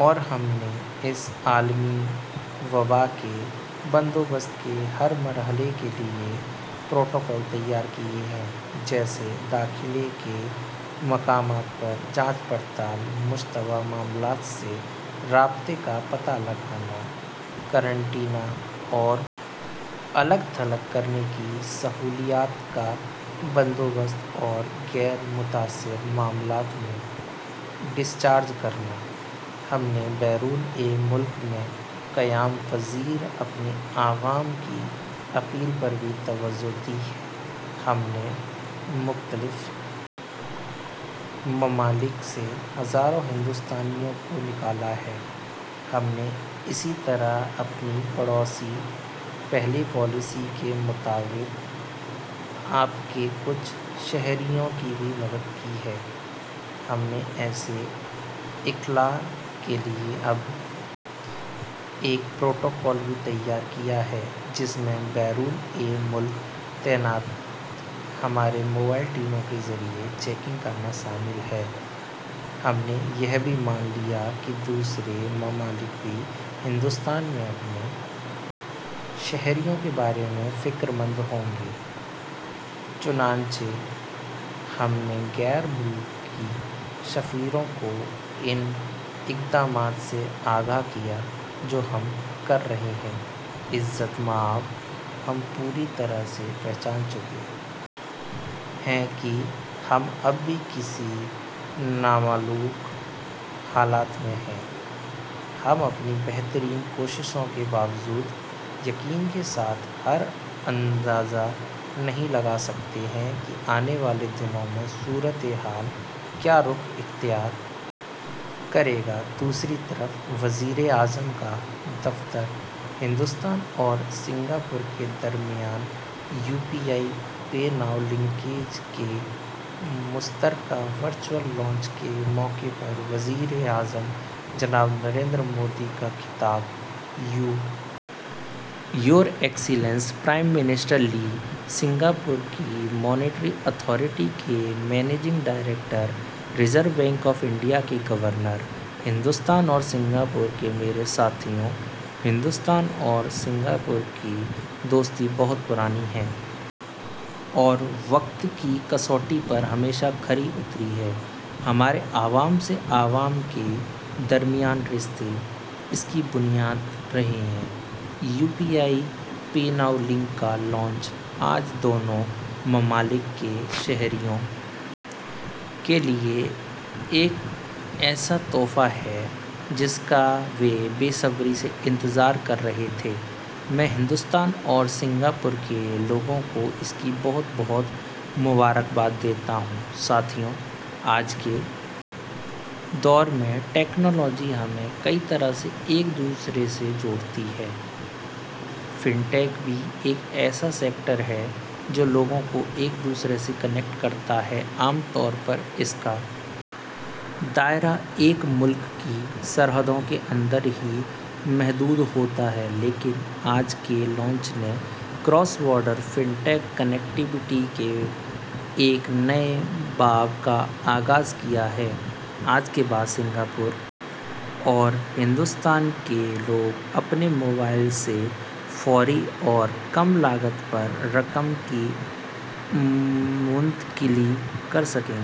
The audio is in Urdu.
اور ہم نے اس عالمی وبا کے بندوبست کے ہر مرحلے کے لیے پروٹوکول تیار کیے ہیں جیسے داخلے کے مقامات پر جانچ پڑتال مشتبہ معاملات سے رابطے کا پتہ لگانا قرنطینہ اور الگ تھلگ کرنے کی سہولیات کا بندوبست اور غیر متاثر معاملات میں ڈسچارج کرنا ہم نے بیرون ملک میں قیام پذیر اپنے عوام کی اپیل پر بھی توجہ دی ہے ہم نے مختلف ممالک سے ہزاروں ہندوستانیوں کو نکالا ہے ہم نے اسی طرح اپنی پڑوسی پہلے پالیسی کے مطابق آپ کے کچھ شہریوں کی بھی مدد کی ہے ہم نے ایسے انخلا کے لیے اب ایک پروٹوکول بھی تیار کیا ہے جس میں بیرون ملک تعینات ہماری موبائل ٹیموں کے ذریعے چیکنگ کرنا شامل ہے ہم نے یہ بھی مان لیا کہ دوسرے ممالک بھی ہندوستان میں اپنے شہریوں کے بارے میں فکر مند ہوں گے چنانچہ ہم نے غیر ملکی سفیروں کو ان اقدامات سے آگاہ کیا جو ہم کر رہے ہیں عزت مآب ہم پوری طرح سے پہچان چکے ہیں کہ ہم اب بھی کسی نامعلوم حالت میں ہیں ہم اپنی بہترین کوششوں کے باوجود یقین کے ساتھ یہ اندازہ نہیں لگا سکتے کہ آنے والے دنوں میں صورتحال کیا رخ اختیار کرے گی دوسری طرف وزیر اعظم کا دفتر ہندوستان اور سنگاپور کے درمیان UPI PayNow linkage کے مشترکہ ورچوئل لانچ کے موقع پر وزیر اعظم جناب نریندر مودی کا خطاب your excellency prime minister Lee Singapore کی مانیٹری اتھارٹی کے managing director reserve bank of India کے گورنر ہندوستان اور سنگاپور کے میرے ساتھیو ہندوستان اور سنگاپور کی دوستی بہت پرانی ہے اور وقت کی کسوٹی پر ہمیشہ کھری اتری ہے ہمارے عوام سے عوام کے درمیان رشتے اس کی بنیاد رہے ہیں UPI PayNow link کا لانچ آج دونوں ممالک کے شہریوں کے لیے ایک ایسا تحفہ ہے جس کا وہ بے صبری سے انتظار کر رہے تھے میں ہندوستان اور سنگاپور کے لوگوں کو اس کی بہت بہت مبارکباد دیتا ہوں ساتھیو آج کے دور میں ٹیکنالوجی ہمیں کئی طرح سے ایک دوسرے سے جوڑتی ہے فن ٹیک بھی ایک ایسا سیکٹر ہے جو لوگوں کو ایک دوسرے سے کنیکٹ کرتا ہے عام طور پر اس کا دائرہ ایک ملک کی سرحدوں کے اندر ہی محدود ہوتا ہے لیکن آج کے لانچ نے cross border fintech connectivity کے ایک نئے باب کا آغاز کیا ہے آج کے بعد سنگاپور اور ہندوستان کے لوگ اپنے موبائل سے فوری اور کم لاگت پر رقم کی منتقلی کر سکیں گے